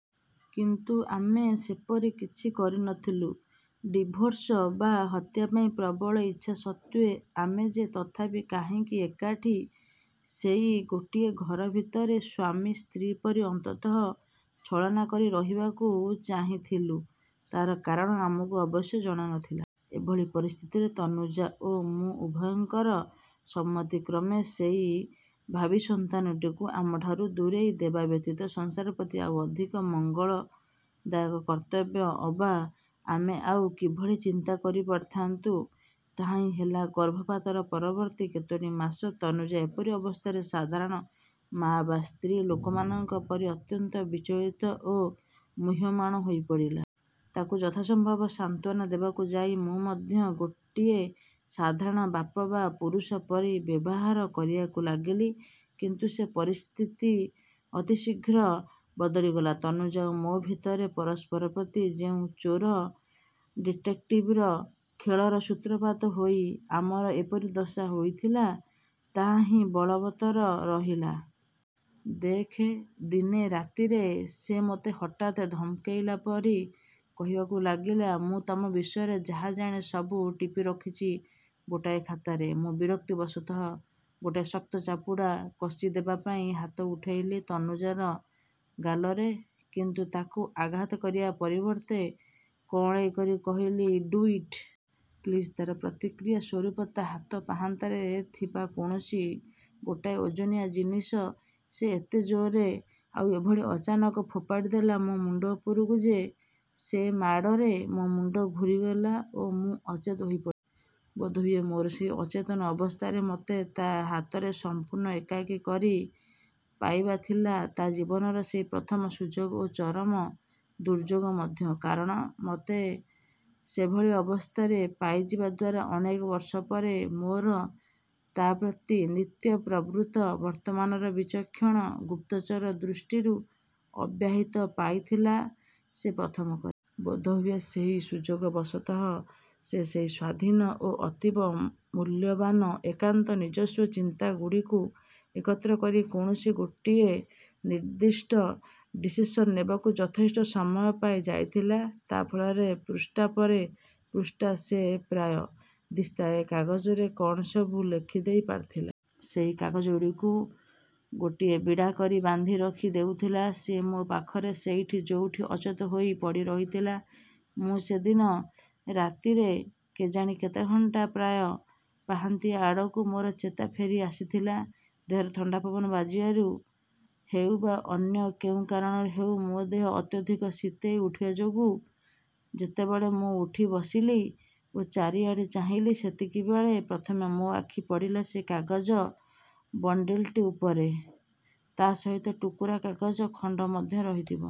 କିନ୍ତୁ, ଆମେ ସେପରି କିଛି କରି ନ ଥିଲୁ। ଡିଭୋର୍ସ ବା ହତ୍ୟାପାଇଁ ପ୍ରବଳ ଇଚ୍ଛା ସତ୍ତ୍ୱେ ଆମେ ଯେ ତଥାପି କାହିଁକି ଏକାଠି, ସେଇ ଗୋଟିଏ ଘର ଭିତରେ, ସ୍ୱାମୀ ସ୍ତ୍ରୀ ପରି ଅନ୍ତତଃ ଛଳନା କରି ରହିବାକୁ ଚାହିଁଥିଲୁ ତାର କାରଣ ଆମକୁ ଅବଶ୍ୟ ଜଣାନଥିଲା। ଏଭଳି ପରିସ୍ଥିତିରେ ତନୁଜା ଓ ମୁଁ ଉଭୟଙ୍କର ସମ୍ମତି କ୍ରମେ ସେଇ ଭାବୀ ସନ୍ତାନଟିକୁ ଆମଠାରୁ ଦୂରେଇ ଦେବା ବ୍ୟତୀତ ସଂସାର ପ୍ରତି ଆଉ ଅଧିକ ମଙ୍ଗଳଦାୟକ କର୍ତ୍ତବ୍ୟ ଅବା ଆମେ ଆଉ କିଭଳି ଚିନ୍ତା କରି ପାରିଥାନ୍ତୁ। ତାହା ହିଁ ହେଲା। ଗର୍ଭପାତର ପରବର୍ତ୍ତୀ କେତୋଟି ମାସ ତନୁଜା ଏପରି ଅବସ୍ଥାରେ ସାଧାରଣ ମା ବା ସ୍ତ୍ରୀ ଲୋକମାନଙ୍କ ପରି ଅତ୍ୟନ୍ତ ବିଚଳିତ ଓ ମୁହ୍ୟମାଣ ହୋଇ ପଡ଼ିଲା। ତାକୁ ଯଥାସମ୍ଭବ ସାନ୍ତ୍ୱନା ଦେବାକୁ ଯାଇ ମୁ ମଧ୍ୟ ଗୋଟିଏ ସାଧାରଣ ବାପ ବା ପୁରୁଷ ପରି ବ୍ୟବହାର କାରିବାକୁ ଲାଗିଲି। କିନ୍ତୁ ସେ ପରିସ୍ଥିତି ଅତି ଶୀଘ୍ର ବଦଳି ଗଲା। ତନୁଜା ଓ ମୋ ଭିତରେ ପରସ୍ପର ପ୍ରତି ଯେଉଁ ଚୋର ଡିଟେକ୍ଟିଭର ଖେଳର ସୂତ୍ରପାତ ହୋଇ ଆମର ଏପରି ଦଶା ହୋଇଥିଲା ତାହା ହିଁ ବଳବତ୍ତର ରହିଲା। "ଦେଖ! " ଦିନେ ରାତିରେ ସେ ମୋତେ ହଠାତ୍ ଧମକେଇଲା ପରି କହିବାକୁ ଲାଗିଲା, "ମୁଁ ତମ ବିଷୟରେ ଯାହା ଜାଣେ ସବୁ ଟିପି ରଖିଚି ଗୋଟାଏ ଖାତାରେ। " ମୁଁ ବିରକ୍ତିବଶତଃ ଗୋଟାଏ ଶକ୍ତ ଚାପୁଡ଼ା କଷି ଦେବାପାଇଁ ହାତ ଉଠେଇଲି-ତନୁଜାର ଗାଲରେ। କିନ୍ତୁ ତାକୁ ଆଘାତ କରିବା ପରିବର୍ତ୍ତେ କଅଁଳେଇ କରି କହିଲି, "ଡୁ ଇଟ୍। ପ୍ଳିଜ୍। ତାର ପ୍ରତିକ୍ରିୟା ସ୍ୱରୂପ ତା ହାତ ପାହାନ୍ତାରେ ଥିବା କୌଣସି ଗୋଟାଏ ଓଜନିଆ ଜିନିଷ ସେ ଏତେ ଜୋରରେ ଆଉ ଏଭଳି ଅଚାନକ ଫୋପାଡ଼ିଦେଲା ମୋ ମୁଣ୍ଡ ଉପରକୁ ଯେ ସେ ମାଡ଼ରେ ମୋ ମୁଣ୍ଡ ଘୂରିଗଲା ଓ ମୁଁ ଅଚେତ ହୋଇ ପଡ଼ିଲି। ବୋଧହୁଏ ମୋର ସେଇ ଅଚେତନ ଅବସ୍ଥାରେ ମତେ ତା ହାତରେ ସଂପୂର୍ଣ୍ଣ ଏକାକୀ କରି ପାଇବାଥିଲା ତା ଜୀବନର ସେଇ ପ୍ରଥମ ସୁଯୋଗ ଓ ଚରମ ଦୁର୍ଯ୍ୟୋଗ ମଧ୍ୟ। କାରଣ ମତେ ସେଭଳି ଅବସ୍ଥାରେ ପାଇଯିବା ଦ୍ୱାରା ଅନେକ ବର୍ଷ ପରେ ମୋର ତା ପ୍ରତି ନିତ୍ୟପ୍ରବୃତ୍ତ ବର୍ତ୍ତମାନର ବିଚକ୍ଷଣ ଗୁପ୍ତଚର ଦୃଷ୍ଟିରୁ ଅବ୍ୟାହିତ ପାଇଥିଲା ସେ ପ୍ରଥମ କରି। ବୋଧହୁଏ ସେଇ ସୁଯୋଗବଶତଃ ସେ ସେଇ ସ୍ୱାଧୀନ ଓ ଅତୀବ ମୂଲ୍ୟବାନ ଏକାନ୍ତ ନିଜସ୍ୱ ଚିନ୍ତାଗୁଡ଼ିକୁ ଏକତ୍ର କରି କୌଣସି ଗୋଟିଏ ନିର୍ଦ୍ଦିଷ୍ଟ ଡିସିସନ ନେବାକୁ ଯଥେଷ୍ଟ ସମୟ ପାଇ ଯାଇଥିଲା। ତା ଫଳରେ ପୃଷ୍ଠା ପରେ ପୃଷ୍ଠା ସେ ପ୍ରାୟ। ଦିସ୍ତାଏ କାଗଜରେ କଅଣ ସବୁ ଲେଖିଦେଇ ପାରିଥିଲା। ସେଇ କାଗଜଗୁଡ଼ିକୁ ଗୋଟିଏ ବିଡ଼ା କରି ବାନ୍ଧି ରଖି ଦେଉଥିଲା ସେ ମୋ ପାଖରେ ସେଇଠି ଯୋଉଠି ଅଚେତ ହୋଇ ପଡ଼ିରହିଥିଲି ମୁଁ ସେ ଦିନ ରାତିରେ-କେଜାଣି କେତେ ଘଣ୍ଟା। ପ୍ରାୟ ପାହାନ୍ତିଆ ଆଡ଼କୁ ମୋର ଚେତା ଫେରି ଆସିଥିଲା। ଦେହରେ ଥଣ୍ଡା ପବନ ବାଜିବାରୁ ହେଉ ବା ଅନ୍ୟ କେଉଁ କାରଣରୁ ହେଉ ମୋ ଦେହ ଅତ୍ୟଧିକ ଶୀତେଇ ଉଠିବା ଯୋଗୁ ଯେତେବେଳେ ମୁଁ ଉଠି ବସିଲି ଓ ଚାରିଆଡ଼କୁ ଚାହିଁଲି ସେତିକିବେଳେ ପ୍ରଥମ ମୋ ଆଖି ପଡ଼ିଲା ସେଇ କାଗଜ ବଣ୍ଡିଲ୍ଟି ଉପରେ। ତା ସହିତ ଟୁକୁରା କାଗଜ ଖଣ୍ଡ ମଧ୍ୟ ରହିଥିବା